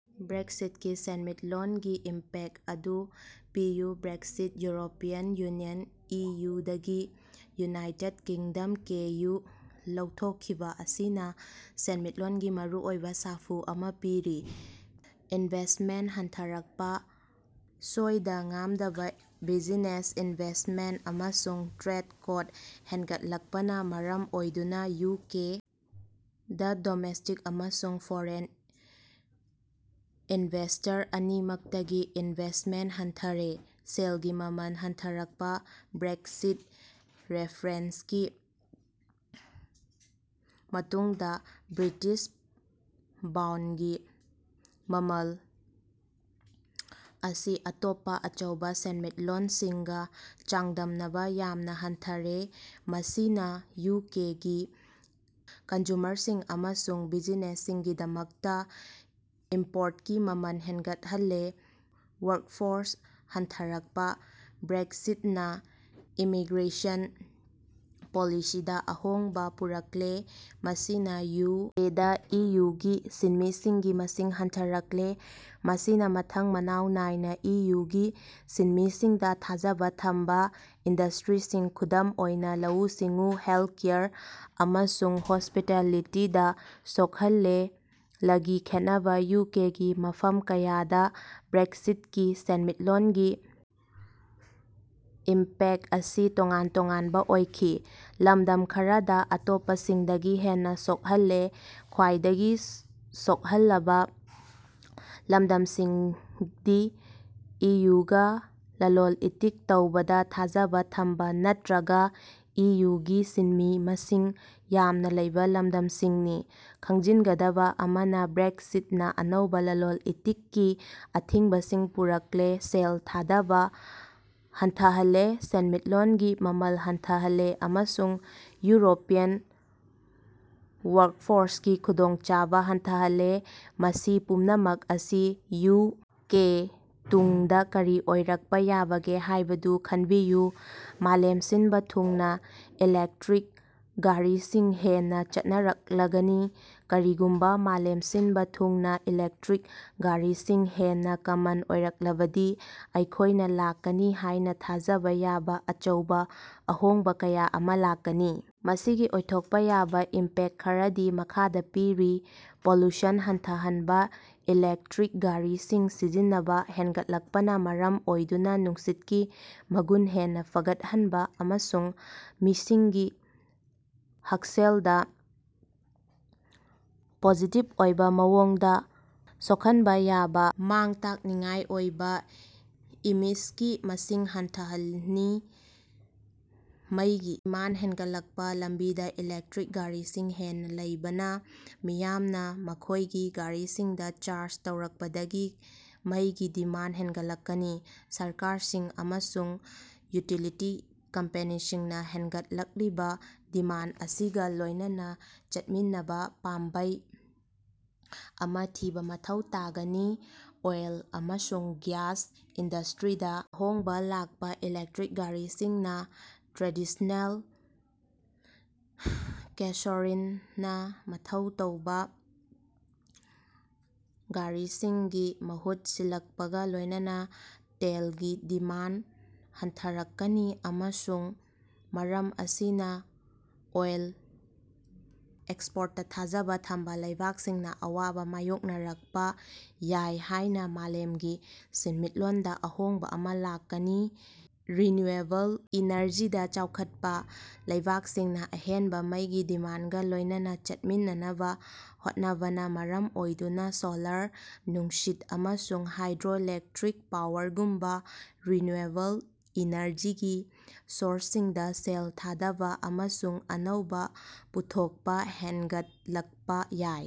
ꯕ꯭ꯔꯦꯛꯁꯤꯠꯀꯤ ꯁꯦꯟꯃꯤꯠꯂꯣꯟꯒꯤ ꯏꯝꯄꯦꯛꯇ ꯑꯗꯨ ꯄꯤꯌꯨ꯫ ꯕ꯭ꯔꯦꯛꯁꯤꯠ, ꯌꯨꯔꯣꯄꯤꯌꯟ ꯌꯨꯅꯤꯌꯟ (ꯏꯌꯨ)ꯗꯒꯤ ꯌꯨꯅꯥꯏꯇꯦꯗ ꯀꯤꯡꯗꯝ (ꯀꯦ. ꯌꯨ.) ꯂꯧꯊꯣꯛꯈꯤꯕꯥ ꯑꯁꯤꯅꯥ ꯁꯦꯟꯃꯤꯠꯂꯣꯟꯒꯤ ꯃꯔꯨꯑꯣꯏꯕꯥ ꯁꯥꯐꯨ ꯑꯃꯥ ꯄꯤꯔꯤ꯫ ꯏꯟꯚꯦꯁ꯭ꯇꯃꯦꯟꯇ ꯍꯟꯊꯔꯛꯄꯥ: ꯁꯣꯏꯗ-ꯉꯥꯝꯗꯕ ꯕꯤꯖꯤꯅꯦꯁ ꯑꯦꯟꯚꯥꯏꯔꯟꯃꯦꯟꯇ ꯑꯃꯁꯨꯡ ꯇ꯭ꯔꯦꯗ ꯀꯣꯠ ꯍꯦꯟꯒꯠꯂꯛꯄꯅꯥ ꯃꯔꯝ ꯑꯣꯏꯗꯨꯅꯥ ꯌꯨ. ꯀꯦ. ꯗꯥ ꯗꯣꯃꯦꯁ꯭ꯇꯤꯛ ꯑꯃꯁꯨꯡ ꯐꯣꯔꯦꯟ ꯏꯟꯚꯦꯁ꯭ꯇꯔ ꯑꯅꯤꯃꯛꯇꯒꯤ ꯏꯟꯚꯦꯁ꯭ꯇꯃꯦꯟꯇ ꯍꯟꯊꯔꯦ꯫ ꯁꯦꯜꯒꯤ ꯃꯃꯜ ꯍꯟꯊꯔꯛꯄꯥ: ꯕ꯭ꯔꯦꯛꯁꯤꯠ ꯔꯦꯐꯔꯦꯟꯁꯀꯤ ꯃꯇꯨꯡꯗꯥ ꯕ꯭ꯔꯤꯇꯤꯁ ꯕꯥꯎꯟꯒꯤ ꯃꯃꯜ ꯑꯁꯤ ꯑꯇꯣꯞꯄꯥ ꯑꯆꯧꯕꯥ ꯁꯦꯟꯃꯤꯠꯂꯣꯟꯁꯤꯡꯒꯥ ꯆꯥꯡꯗꯝꯅꯕ ꯌꯥꯝꯅꯥ ꯍꯟꯊꯔꯦ, ꯃꯁꯤꯅꯥ ꯌꯨ. ꯀꯦ. ꯒꯤ ꯀꯟꯖꯨꯃꯔꯁꯤꯡ ꯑꯃꯁꯨꯡ ꯕꯤꯖꯤꯅꯦꯁꯁꯤꯡꯒꯤꯗꯃꯛꯇꯥ ꯏꯝꯄꯣꯔꯇꯀꯤ ꯃꯃꯜ ꯍꯦꯟꯒꯠꯍꯜꯂꯦ꯫ ꯋꯥꯔꯀꯐꯣꯔꯁ ꯍꯟꯊꯔꯛꯄꯥ: ꯕ꯭ꯔꯦꯛꯁꯤꯠꯅꯥ ꯏꯃꯤꯒ꯭ꯔꯦꯁꯟ ꯄꯣꯂꯤꯁꯤꯗꯥ ꯑꯍꯣꯡꯕꯥ ꯄꯨꯔꯛꯂꯦ, ꯃꯁꯤꯅꯥ ꯌꯨ. ꯀꯦ. ꯗꯥ ꯏꯌꯨꯒꯤ ꯁꯤꯟꯃꯤꯁꯤꯡꯒꯤ ꯃꯁꯤꯡ ꯍꯟꯊꯍꯜꯂꯦ꯫ ꯃꯁꯤꯅꯥ ꯃꯊꯪ ꯃꯅꯥꯎ ꯅꯥꯏꯅꯥ ꯏ. ꯌꯨ. ꯒꯤ ꯁꯤꯟꯃꯤꯁꯤꯡꯗꯥ ꯊꯥꯖꯕꯥ ꯊꯝꯕꯥ ꯏꯟꯗꯁ꯭ꯇꯔꯤꯁꯤꯡ, ꯈꯨꯗꯝ ꯑꯣꯏꯅꯥ ꯂꯧꯎ-ꯁꯤꯡꯎ, ꯍꯦꯜꯊꯀꯦꯌꯔ, ꯑꯃꯁꯨꯡ ꯍꯣꯁ꯭ꯄꯤꯇꯥꯂꯤꯇꯤꯗꯥ ꯁꯣꯛꯍꯜꯂꯦ꯫ ꯂꯒꯤ ꯈꯦꯠꯅꯕꯥ: ꯌꯨ. ꯀꯦ. ꯒꯤ ꯃꯐꯝ ꯀꯌꯥꯗꯥ ꯕ꯭ꯔꯦꯛꯁꯤꯠꯀꯤ ꯁꯦꯟꯃꯤꯠꯂꯣꯟꯒꯤ ꯏꯝꯄꯦꯛꯇ ꯑꯁꯤ ꯇꯣꯉꯥꯟ ꯇꯣꯉꯥꯟꯕꯥ ꯑꯣꯏꯈꯤ, ꯂꯝꯗꯝ ꯈꯔꯗꯥ ꯑꯇꯣꯞꯄꯁꯤꯡꯗꯒꯤ ꯍꯦꯟꯅꯥ ꯁꯣꯛꯍꯜꯂꯦ꯫ ꯈ꯭ꯋꯥꯏꯗꯒꯤ ꯁꯣꯛꯍꯜꯂꯕꯥ ꯂꯝꯗꯝꯁꯤꯡꯗꯤ ꯏꯌꯨꯒꯥ ꯂꯂꯣꯟ-ꯏꯇꯤꯛ ꯇꯧꯕꯗꯥ ꯊꯥꯖꯕꯥ ꯊꯝꯕꯥ ꯅꯠꯇ꯭ꯔꯒꯥ ꯏꯌꯨꯒꯤ ꯁꯤꯟꯃꯤ ꯃꯁꯤꯡ ꯌꯥꯝꯅꯥ ꯂꯩꯕꯥ ꯂꯝꯗꯝꯁꯤꯡꯅꯤ꯫ ꯈꯪꯖꯤꯟꯒꯗꯕꯥ ꯑꯃꯅꯥ, ꯕ꯭ꯔꯦꯛꯁꯤꯠꯅꯥ ꯑꯅꯧꯕꯥ ꯂꯂꯣꯟ-ꯏꯇꯤꯛꯀꯤ ꯑꯊꯤꯡꯕꯁꯤꯡ ꯄꯨꯔꯛꯂꯦ, ꯁꯦꯜ ꯊꯥꯗꯕꯥ ꯍꯟꯊꯍꯜꯂꯦ, ꯁꯦꯟꯃꯤꯠꯂꯣꯟꯒꯤ ꯃꯃꯜ ꯍꯟꯊꯍꯜꯂꯦ, ꯑꯃꯁꯨꯡ ꯌꯨꯔꯣꯄꯤꯌꯟ ꯋꯥꯔꯛꯐꯣꯔꯁꯀꯤ ꯈꯨꯗꯣꯡꯆꯥꯕꯥ ꯍꯟꯊꯍꯜꯂꯦ, ꯃꯁꯤ ꯄꯨꯝꯅꯃꯛ ꯑꯁꯤ ꯌꯨ. ꯀꯦ. ꯇꯨꯡꯗꯥ ꯀꯔꯤ ꯑꯣꯏꯔꯛꯄꯥ ꯌꯥꯕꯒꯦ ꯍꯥꯏꯕꯗꯨ ꯈꯟꯕꯤꯌꯨ? ꯃꯥꯂꯦꯝ ꯁꯤꯟꯕꯥ ꯊꯨꯡꯅꯥ ꯏꯂꯦꯛꯇꯔꯤꯛ ꯒꯥꯔꯤꯁꯤꯡ ꯍꯦꯟꯅꯥ ꯆꯠꯅꯔꯛꯂꯒꯅꯤ꯫ ꯀꯔꯤꯒꯨꯝꯕꯥ ꯃꯥꯂꯦꯝ ꯁꯤꯟꯕꯥ ꯊꯨꯡꯅꯥ ꯏꯂꯦꯛꯇꯔꯤꯛ ꯒꯥꯔꯤꯁꯤꯡ ꯍꯦꯟꯅꯥ ꯀꯃꯟ ꯑꯣꯏꯔꯛꯂꯕꯗꯤ ꯑꯩꯈꯣꯏꯅꯥ ꯂꯥꯛꯀꯅꯤ ꯍꯥꯏꯅꯥ ꯊꯥꯖꯕꯥ ꯌꯥꯕꯥ ꯑꯆꯧꯕꯥ ꯑꯍꯣꯡꯕꯥ ꯀꯌꯥ ꯑꯃꯥ ꯂꯥꯛꯀꯅꯤ꯫ ꯃꯁꯤꯒꯤ ꯑꯣꯏꯊꯣꯛꯄꯥ ꯌꯥꯕꯥ ꯏꯝꯄꯦꯛꯇ ꯈꯔꯗꯤ ꯃꯈꯥꯗꯥ ꯄꯤꯔꯤ: ꯄꯣꯂꯨꯁꯟ ꯍꯟꯊꯍꯟꯕꯥ: ꯏꯂꯦꯛꯇꯔꯤꯛ ꯒꯥꯔꯤꯁꯤꯡ ꯁꯤꯖꯤꯟꯅꯕꯥ ꯍꯦꯟꯒꯠꯂꯛꯄꯅꯥ ꯃꯔꯝ ꯑꯣꯏꯗꯨꯅꯥ ꯅꯨꯡꯁꯤꯠꯀꯤ ꯃꯒꯨꯟ ꯍꯦꯟꯅꯥ ꯐꯒꯠꯍꯟꯕꯥ ꯑꯃꯁꯨꯡ ꯃꯤꯁꯤꯡꯒꯤ ꯍꯛꯁꯦꯜꯗꯥ ꯄꯣꯖꯤꯇꯤꯚ ꯑꯣꯏꯕꯥ ꯃꯑꯣꯡꯗꯥ ꯁꯣꯈꯟꯕꯥ ꯌꯥꯕꯥ ꯃꯥꯡ-ꯇꯥꯛꯅꯤꯡꯉꯥꯏ ꯑꯣꯏꯕꯥ ꯏꯃꯤꯁꯒꯤ ꯃꯁꯤꯡ ꯍꯟꯊꯍꯜꯅꯤ꯫ ꯃꯩꯒꯤ ꯃꯥꯟꯗ ꯍꯦꯟꯒꯠꯂꯛꯄꯥ: ꯂꯝꯕꯤꯗꯥ ꯏꯂꯦꯛꯇꯔꯤꯛ ꯒꯥꯔꯤꯁꯤꯡ ꯍꯦꯟꯅꯥ ꯂꯩꯕꯅꯥ ꯃꯤꯌꯥꯝꯅꯥ ꯃꯈꯣꯏꯒꯤ ꯒꯥꯔꯤꯁꯤꯡꯗꯥ ꯆꯥꯔꯖ ꯇꯧꯔꯛꯄꯗꯒꯤ ꯃꯩꯒꯤ ꯗꯤꯃꯥꯟꯗ ꯍꯦꯟꯒꯠꯂꯛꯀꯅꯤ꯫ ꯁꯔꯀꯥꯔꯁꯤꯡ ꯑꯃꯁꯨꯡ ꯌꯨꯇꯤꯂꯤꯇꯤ ꯀꯝꯄꯦꯅꯤꯁꯤꯡꯅꯥ ꯍꯦꯟꯒꯠꯂꯛꯂꯤꯕꯥ ꯗꯤꯃꯥꯟꯗ ꯑꯁꯤꯒꯥ ꯂꯣꯏꯅꯅꯥ ꯆꯠꯃꯤꯟꯅꯕꯥ ꯄꯥꯝꯕꯩ ꯑꯃꯥ ꯊꯤꯕꯥ ꯃꯊꯧ ꯇꯥꯒꯅꯤ꯫ ꯑꯣꯏꯜ ꯑꯃꯁꯨꯡ ꯒ꯭ꯌꯥꯁ ꯏꯟꯗꯁ꯭ꯇꯔꯤꯗꯥ ꯑꯍꯣꯡꯕꯥ ꯂꯥꯛꯄꯥ: ꯏꯂꯦꯛꯇꯔꯤꯛ ꯒꯥꯔꯤꯁꯤꯡꯅꯥ ꯇ꯭ꯔꯦꯗꯤꯁ꯭ꯅꯦꯜ ꯒꯦꯁꯣꯔꯤꯟꯅꯥ ꯃꯊꯧ ꯇꯧꯕꯥ ꯒꯥꯔꯤꯁꯤꯡꯒꯤ ꯃꯍꯨꯠ ꯁꯤꯜꯂꯛꯄꯒꯥ ꯂꯣꯏꯅꯅꯥ ꯇꯦꯜꯒꯤ ꯗꯤꯃꯥꯟꯗ ꯍꯟꯊꯔꯛꯀꯅꯤ ꯑꯃꯁꯨꯡ ꯃꯔꯝ ꯑꯁꯤꯅꯥ ꯑꯣꯏꯜ ꯑꯦꯛꯁꯄꯣꯔꯇꯇꯥ ꯊꯥꯖꯕꯥ ꯊꯝꯕꯥ ꯂꯩꯕꯥꯛꯁꯤꯡꯅꯥ ꯑꯋꯥꯕꯥ ꯃꯥꯌꯣꯛꯅꯔꯛꯄꯥ ꯌꯥꯏ ꯍꯥꯏꯅꯥ ꯃꯥꯂꯦꯝꯒꯤ ꯁꯦꯟꯃꯤꯠꯂꯣꯟꯗꯥ ꯑꯍꯣꯡꯕꯥ ꯑꯃꯥ ꯂꯥꯛꯀꯅꯤ꯫ ꯔꯤꯟꯅꯌꯨꯑꯦꯕꯜ ꯏꯅꯔꯖꯤꯗꯥ ꯆꯥꯎꯈꯠꯄꯥ: ꯂꯩꯕꯥꯛꯁꯤꯡꯅꯥ ꯑꯍꯦꯟꯕꯥ ꯃꯩꯒꯤ ꯗꯤꯃꯥꯟꯗꯒꯥ ꯂꯣꯏꯅꯅꯥ ꯆꯠꯃꯤꯟꯅꯅꯕꯥ ꯍꯣꯠꯅꯕꯅꯥ ꯃꯔꯝ ꯑꯣꯏꯗꯨꯅꯥ ꯁꯣꯂꯥꯔ, ꯅꯨꯡꯁꯤꯠ, ꯑꯃꯁꯨꯡ ꯍꯥꯏꯗ꯭ꯔꯣꯏꯂꯦꯛꯇꯔꯤꯛ ꯄꯥꯋꯔꯒꯨꯝꯕꯥ ꯔꯤꯟꯅꯌꯨꯑꯦꯕꯜ ꯏꯅꯔꯖꯤꯒꯤ ꯁꯣꯔꯁꯁꯤꯡꯗꯥ ꯁꯦꯜ ꯊꯥꯗꯕꯥ ꯑꯃꯁꯨꯡ ꯑꯅꯧꯕꯥ ꯄꯨꯊꯣꯛꯄꯥ ꯍꯦꯉꯠꯂꯛꯄꯥ ꯌꯥꯏ꯫